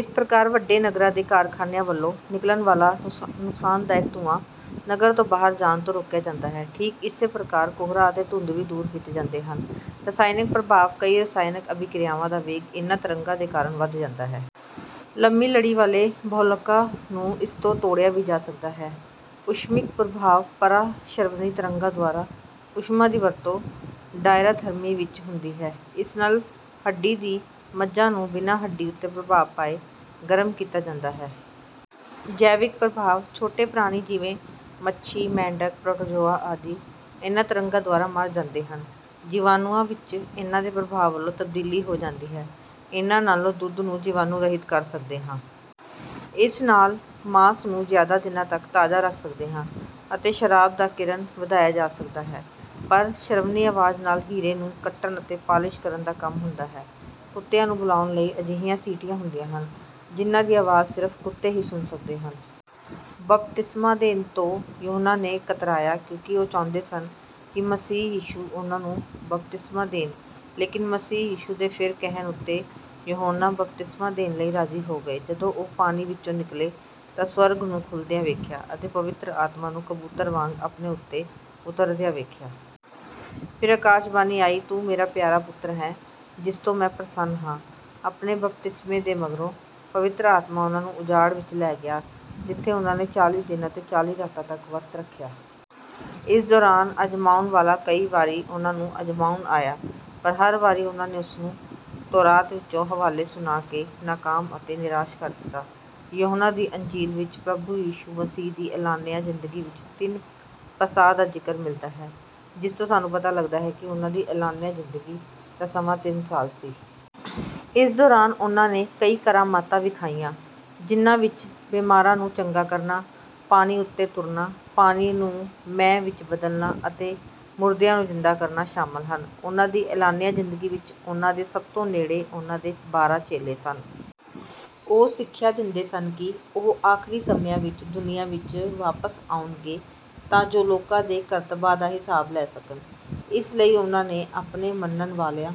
ਇਸ ਪ੍ਰਕਾਰ ਵੱਡੇ ਨਗਰਾਂ ਦੇ ਕਾਰਖਾਨਿਆਂ ਵੱਲੋਂ ਨਿਕਲਣ ਵਾਲਾ ਨੁਕਸਾਨਦਾਇਕ ਧੂੰਆਂ ਨਗਰ ਤੋਂ ਬਾਹਰ ਜਾਣ ਤੋਂ ਰੋਕਿਆ ਜਾਂਦਾ ਹੈ। ਠੀਕ ਇਸੇ ਪ੍ਰਕਾਰ ਕੋਹਰਾ ਅਤੇ ਧੁੰਦ ਵੀ ਦੂਰ ਕੀਤੇ ਜਾਂਦੇ ਹਨ। ਰਸਾਇਣਕ ਪ੍ਰਭਾਵ: ਕਈ ਰਸਾਇਣਕ ਅਭਿਕ੍ਰਿਆਵਾਂ ਦਾ ਵੇਗ ਇਨ੍ਹਾਂ ਤਰੰਗਾਂ ਦੇ ਕਾਰਨ ਵੱਧ ਜਾਂਦਾ ਹੈ। ਲੰਮੀ ਲੜੀ ਵਾਲੇ ਬਹੁਲਕਾਂ ਨੂੰ ਇਸ ਤੋਂ ਤੋੜਿਆ ਵੀ ਜਾ ਸਕਦਾ ਹੈ। ਊਸ਼ਮਿਕ ਪ੍ਰਭਾਵ: ਪਰਾ-ਸ਼ਰਵਣੀ ਤਰੰਗਾਂ ਦੁਆਰਾ ਊਸ਼ਮਾ ਦੀ ਵਰਤੋਂ ਡਾਇਆਥਰਮੀ ਵਿੱਚ ਹੁੰਦੀ ਹੈ। ਇਸ ਨਾਲ ਹੱਡੀ ਦੀ ਮੱਝਾ ਨੂੰ, ਬਿਨਾਂ ਹੱਡੀ ਉੱਤੇ ਪ੍ਰਭਾਵ ਪਾਏ, ਗਰਮ ਕੀਤਾ ਜਾਂਦਾ ਹੈ। ਜੈਵਿਕ ਪ੍ਰਭਾਵ: ਛੋਟੇ ਪ੍ਰਾਣੀ, ਜਿਵੇਂ ਮੱਛੀ, ਮੇਢਕ, ਪ੍ਰੋਟੋਜ਼ੋਆ ਆਦਿ, ਇਨ੍ਹਾਂ ਤਰੰਗਾਂ ਦੁਆਰਾ ਮਰ ਜਾਂਦੇ ਹਨ। ਜੀਵਾਣੂਆਂ ਵਿੱਚ ਇਨ੍ਹਾਂ ਦੇ ਪ੍ਰਭਾਵ ਵੱਲੋਂ ਤਬਦੀਲੀ ਹੋ ਜਾਂਦੀ ਹੈ। ਇਨ੍ਹਾਂ ਨਾਲੋਂ ਦੁੱਧ ਨੂੰ ਜੀਵਾਣੂ-ਰਹਿਤ ਕਰ ਸਕਦੇ ਹਾਂ। ਇਸ ਨਾਲ ਮਾਸ ਨੂੰ ਜ਼ਿਆਦਾ ਦਿਨਾਂ ਤੱਕ ਤਾਜ਼ਾ ਰੱਖ ਸਕਦੇ ਹਾਂ ਅਤੇ ਸ਼ਰਾਬ ਦਾ ਕਿਰਨ ਵਧਾਇਆ ਜਾ ਸਕਦਾ ਹੈ। ਪਰਾ-ਸ਼ਰਵਣੀ ਆਵਾਜ਼ ਨਾਲ ਹੀਰੇ ਨੂੰ ਕੱਟਣ ਅਤੇ ਪਾਲਿਸ਼ ਕਰਨ ਦਾ ਕੰਮ ਹੁੰਦਾ ਹੈ। ਕੁੱਤਿਆਂ ਨੂੰ ਬੁਲਾਉਣ ਲਈ ਅਜਿਹੀਆਂ ਸੀਟੀਆਂ ਹੁੰਦੀਆਂ ਹਨ ਜਿਨ੍ਹਾਂ ਦੀ ਆਵਾਜ਼ ਸਿਰਫ਼ ਕੁੱਤੇ ਹੀ ਸੁਣ ਸਕਦੇ ਹਨ। ਬਪਤਿਸਮਾ ਦੇਣ ਤੋਂ ਯੁਹੰਨਾ ਨੇ ਕਤਰਾਇਆ ਕਿਉਂਕਿ ਉਹ ਚਾਹੁੰਦੇ ਸਨ ਕਿ ਮਸੀਹ ਯਿਸੂ ਉਨ੍ਹਾਂ ਨੂੰ ਬਪਤਿਸਮਾ ਦੇਣ। ਲੇਕਿਨ ਮਸੀਹ ਯਿਸੂ ਦੇ ਫਿਰ ਕਹਿਣ ਉੱਤੇ ਯੁਹੰਨਾ ਬਪਤਿਸਮਾ ਦੇਣ ਲਈ ਰਾਜ਼ੀ ਹੋ ਗਏ। ਜਦੋਂ ਉਹ ਪਾਣੀ ਵਿੱਚੋਂ ਨਿਕਲੇ ਤਾਂ ਸਵਰਗ ਨੂੰ ਖੁੱਲ੍ਹਦਿਆਂ ਵੇਖਿਆ ਅਤੇ ਪਵਿੱਤਰ ਆਤਮਾ ਨੂੰ ਕਬੂਤਰ ਵਾਂਗ ਆਪਣੇ ਉੱਤੇ ਉਤਰਦਿਆਂ ਵੇਖਿਆ। ਫਿਰ ਅਕਾਸ਼ਬਾਣੀ ਆਈ ਤੂੰ ਮੇਰਾ ਪਿਆਰਾ ਪੁੱਤਰ ਹੈਂ, ਜਿਸ ਤੋਂ ਮੈਂ ਪ੍ਰਸੰਨ ਹਾਂ"। ਆਪਣੇ ਬਪਤਿਸਮੇ ਦੇ ਮਗਰੋਂ ਪਵਿੱਤਰ ਆਤਮਾ ਉਨ੍ਹਾਂ ਨੂੰ ਉਜਾੜ ਵਿੱਚ ਲੈ ਗਿਆ, ਜਿੱਥੇ ਉਨ੍ਹਾਂ ਨੇ ਚਾਲ੍ਹੀ ਦਿਨ ਅਤੇ ਚਾਲ੍ਹੀ ਰਾਤਾਂ ਤੱਕ ਵਰਤ ਰੱਖਿਆ। ਇਸ ਦੌਰਾਨ ਆਜ਼ਮਾਉਣ ਵਾਲਾ ਕਈ ਵਾਰੀ ਉਨ੍ਹਾਂ ਨੂੰ ਆਜ਼ਮਾਉਣ ਆਇਆ, ਪਰ ਹਰ ਵਾਰੀ ਉਨ੍ਹਾਂ ਨੇ ਉਸ ਨੂੰ ਤੋਰਾਤ ਵਿੱਚੋਂ ਹਵਾਲੇ ਸੁਣਾ ਕੇ ਨਾਕਾਮ ਅਤੇ ਨਿਰਾਸ਼ ਕਰ ਦਿੱਤਾ। ਯੁਹੰਨਾ ਦੀ ਅੰਜੀਲ ਵਿੱਚ ਪ੍ਰਭੂ ਯਿਸੂ ਮਸੀਹ ਦੀ ਐਲਾਨੀਆ ਜ਼ਿੰਦਗੀ ਵਿੱਚ ਤਿੰਨ ਪਸਾਹ ਦਾ ਜ਼ਿਕਰ ਮਿਲਦਾ ਹੈ, ਜਿਸ ਤੋਂ ਸਾਨੂੰ ਪਤਾ ਲੱਗਦਾ ਹੈ ਕਿ ਉਨ੍ਹਾਂ ਦੀ ਐਲਾਨੀਆ ਜ਼ਿੰਦਗੀ ਦਾ ਸਮਾਂ ਤਿੰਨ ਸਾਲ ਸੀ। ਇਸ ਦੌਰਾਨ ਉਨ੍ਹਾਂ ਨੇ ਕਈ ਕਰਾਮਾਤਾਂ ਵਿਖਾਈਆਂ, ਜਿਨ੍ਹਾਂ ਵਿੱਚ ਬਿਮਾਰਾਂ ਨੂੰ ਚੰਗਾ ਕਰਨਾ, ਪਾਣੀ ਉੱਤੇ ਤੁਰਨਾ, ਪਾਣੀ ਨੂੰ ਮੈਅ ਵਿੱਚ ਬਦਲਣਾ ਅਤੇ ਮੁਰਦਿਆਂ ਨੂੰ ਜ਼ਿੰਦਾ ਕਰਨਾ ਸ਼ਾਮਲ ਹਨ। ਉਨ੍ਹਾਂ ਦੀ ਐਲਾਨੀਆ ਜ਼ਿੰਦਗੀ ਵਿੱਚ ਉਨ੍ਹਾਂ ਦੇ ਸਭ ਤੋਂ ਨੇੜੇ ਉਨ੍ਹਾਂ ਦੇ ਬਾਰਾਂ ਚੇਲੇ ਸਨ। ਉਹ ਸਿਖਿਆ ਦਿੰਦੇ ਸਨ ਕਿ ਉਹ ਆਖਰੀ ਸਮਿਆਂ ਵਿੱਚ ਦੁਨੀਆ ਵਿੱਚ ਵਾਪਸ ਆਉਣਗੇ ਤਾਂ ਜੋ ਲੋਕਾਂ ਦੇ ਕਰਤੱਬਾਂ ਦਾ ਹਿਸਾਬ ਲੈ ਸਕਣ। ਇਸ ਲਈ ਓਹਨਾਂ ਨੈ ਆਪਣੇ ਮੰਨਣ ਵਾਲਿਆਂ